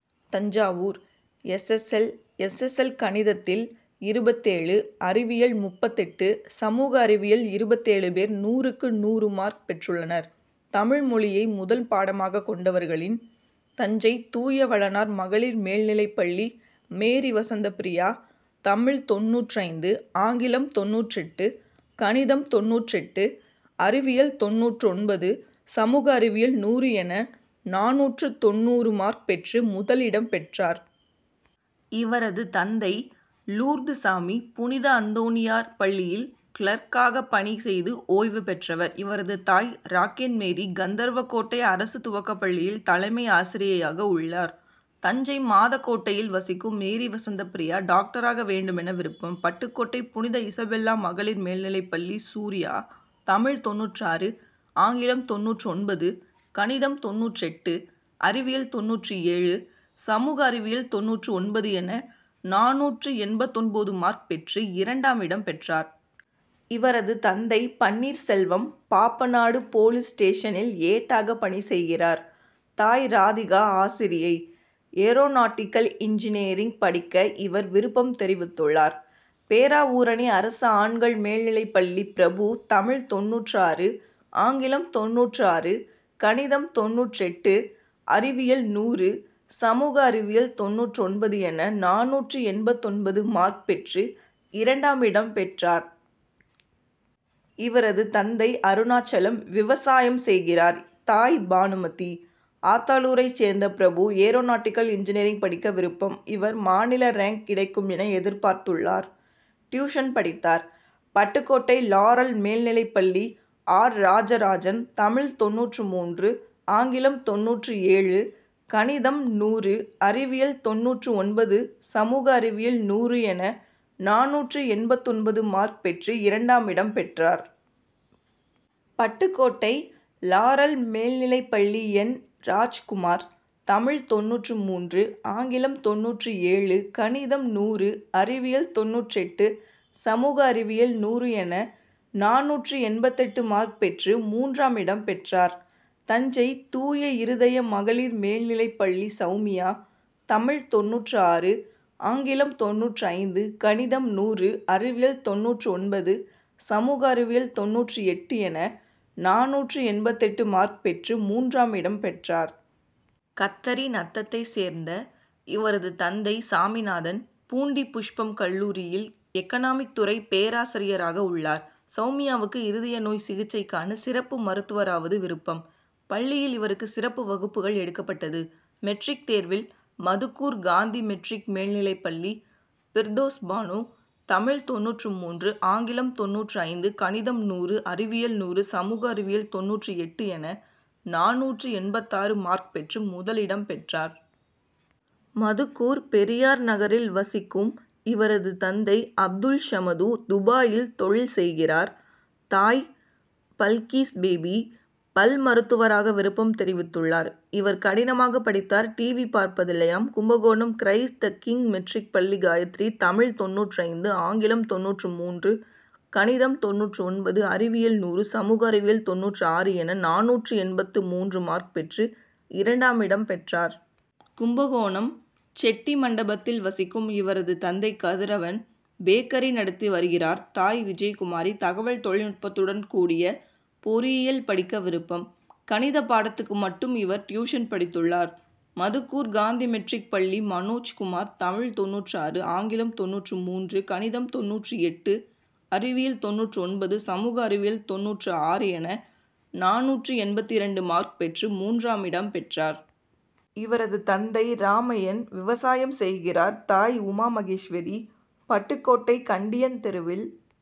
Thanjavur: S. S. L. S. S. L. கணிதத்தில் இருபத்தேழு, அறிவியல் முப்பத்தெட்டு, சமூக அறிவியல் இருபத்தேழு பேர் நூறுக்கு நூறு மார்க் பெற்றுள்ளனர். தமிழ் மொழியை முதல் பாடமாக கொண்டவர்களின், தஞ்சை தூயவளனார் மகளிர் மேல்நிலைப்பள்ளி மேரிவசந்தப்பிரியா தமிழ் தொண்ணூற்று ஐந்து, ஆங்கிலம் தொண்ணூற்று எட்டு, கணிதம் தொண்ணூற்று எட்டு, அறிவியல் தொண்ணூற்று ஒன்பது, சமூக அறிவியல் நூறு என நானூற்று தொண்ணூறு மார்க் பெற்று முதலிடம் பெற்றார். இவரது தந்தை லூர்துசாமி புனித அந்தோணியார் பள்ளியில் கிளர்க்காக பணி செய்து ஓய்வு பெற்றவர். இவரது தாய் ராக்கின்மேரி கந்தர்வக்கோட்டை அரசு துவக்கப்பள்ளியில் தலைமை ஆசிரியையாக உள்ளார். தஞ்சை மாதாக்கோட்டையில் வசிக்கும் மேரிவசந்தப்பிரியா டாக்டராக வேண்டுமென விருப்பம். பட்டுக்கோட்டை புனித இசபெல்லா மகளிர் மேல்நிலைப்பள்ளி சூரியா தமிழ் தொண்ணூற்று ஆறு, ஆங்கிலம் தொண்ணூற்று ஒன்பது, கணிதம் தொண்ணூற்று எட்டு, அறிவியல் தொண்ணூற்று ஏழு, சமூக அறிவியல் தொண்ணூற்று ஒன்பது என நானூற்று எண்பத்தொன்பது மார்க் பெற்று இரண்டாமிடம் பெற்றார். இவரது தந்தை பன்னீர்செல்வம் பாப்பநாடு போலீஸ் ஸ்டேஷனில் ஏட்டாக பணி செய்கிறார். தாய் ராதிகா ஆசிரியை. ஏரோநாடிக்கல் இன்ஜினியரிங் படிக்க இவர் விருப்பம் தெரிவித்துள்ளார். பேராவூரணி அரசு ஆண்கள் மேல்நிலைப்பள்ளி பிரபு தமிழ் தொண்ணூற்று ஆறு, ஆங்கிலம் தொண்ணூற்று ஆறு, கணிதம் தொண்ணூற்று எட்டு, அறிவியல் நூறு, சமூக அறிவியல் தொண்ணூற்று ஒன்பது என நானூற்று எண்பத்தொன்பது மார்க் பெற்று இரண்டாமிடம் பெற்றார். இவரது தந்தை அருணாசலம் விவசாயம் செய்கிறார். தாய் பானுமதி. ஆத்தாளூரைச் சேர்ந்த பிரபு ஏரோநாடிக்கல் இன்ஜினியரிங் படிக்க விருப்பம். இவர் மாநில ரேங்க் கிடைக்கும் என எதிர்பார்த்துள்ளார். டியூஷன் படித்தார். ப ட்டுக்கோட்டை லாரல் மேல்நிலைப்பள்ளி ஆர். ராஜராஜன் தமிழ் தொண்ணூற்று மூன்று, ஆங்கிலம் தொண்ணூற்று ஏழு, கணிதம் நூறு, அறிவியல் தொண்ணூற்று ஒன்பது, சமூக அறிவியல் நூறு என நானூற்று எண்பத்தொன்பது மார்க் பெற்று இரண்டாமிடம் பெற்றார். பட்டுக்கோட்டை லாரல் மேல்நிலைப்பள்ளி என். ராஜ்குமார் தமிழ் தொண்ணூற்று மூன்று, ஆங்கிலம் தொண்ணூற்று ஏழு, கணிதம் நூறு, அறிவியல் தொண்ணூற்று எட்டு, சமூக அறிவியல் நூறு என நானூற்று எண்பத்தெட்டு மார்க் பெற்று மூன்றாமிடம் பெற்றார். தஞ்சை தூய இருதய மகளிர் மேல்நிலைப்பள்ளி சௌமியா தமிழ் தொண்ணூற்று ஆறு, ஆங்கிலம் தொண்ணூற்று ஐந்து, கணிதம் நூறு, அறிவியல் தொண்ணூற்று ஒன்பது, சமூக அறிவியல் தொண்ணூற்று எட்டு என நானூற்று எண்பத்தெட்டு மார்க் பெற்று மூன்றாமிடம் பெற்றார். கத்தரிநத்தத்தை சேர்ந்த இவரது தந்தை சாமிநாதன் பூண்டி புஷ்பம் கல்லூரியில் எக்கனாமிக் துறை பேராசிரியராக உள்ளார். சௌமியாவுக்கு இருதய நோய் சிகிச்சைக்கான சிறப்பு மருத்துவராவது விருப்பம். பள்ளியில் இவருக்கு சிறப்பு வகுப்புகள் எடுக்கப்பட்டது. மெட்ரிக் தேர்வில் மதுக்கூர் காந்தி மெட்ரிக் மேல்நிலைப்பள்ளி பிர்தோஸ்பானு தமிழ் தொண்ணூற்று மூன்று, ஆங்கிலம் தொண்ணூற்று ஐந்து, கணிதம் நூறு, அறிவியல் நூறு, சமூக அறிவியல் தொண்ணூற்று எட்டு என நானூற்று எண்பத்தாறு மார்க் பெற்று முதலிடம் பெற்றார். மதுக்கூர் பெரியார் நகரில் வசிக்கும் இவரது தந்தை அப்துல்சமது துபாயில் தொழில் செய்கிறார். தாய் பல்கீஸ்பேபி. பல் மருத்துவராக விருப்பம் தெரிவித்துள்ளார். இவர் கடினமாக படித்தார். டிவி பார்ப்பதில்லையாம். Kumbakonam Christ the king matric பள்ளி காயத்ரி தமிழ் தொண்ணூற்று ஐந்து, ஆங்கிலம் தொண்ணூற்று மூன்று, கணிதம் தொண்ணூற்று ஒன்பது, அறிவியல் நூறு, சமூக அறிவியல் தொண்ணூற்று ஆறு என நானூற்று எண்பத்து மூன்று மார்க் பெற்று இரண்டாமிடம் பெற்றார். கும்பகோணம் செட்டிமண்டபத்தில் வசிக்கும் இவரது தந்தை கதிரவன் பேக்கரி நடத்தி வருகிறார். தாய் விஜயகுமாரி. தகவல் தொழில் நுட்பத்துடன் கூடிய பொறியியல் படிக்க விருப்பம். கணித பாடத்துக்கு மட்டும் இவர் டியூஷன் படித்துள்ளார். மதுக்கூர் காந்தி மெட்ரிக் பள்ளி மனோஜ்குமார் தமிழ் தொண்ணூற்று ஆறு, ஆங்கிலம் தொண்ணூற்று மூன்று, கணிதம் தொண்ணூற்று எட்டு, அறிவியல் தொண்ணூற்று ஒன்பது, சமூக அறிவியல் தொண்ணூற்று ஆறு என நானூற்று எண்பத்திரண்டு மார்க் பெற்று மூன்றாமிடம் பெற்றார். இவரது தந்தை ராமையன் விவசாயம் செய்கிறார். தாய் உமாமகேஸ்வரி. பட்டுக்கோட்டை கண்டியன் தெருவில்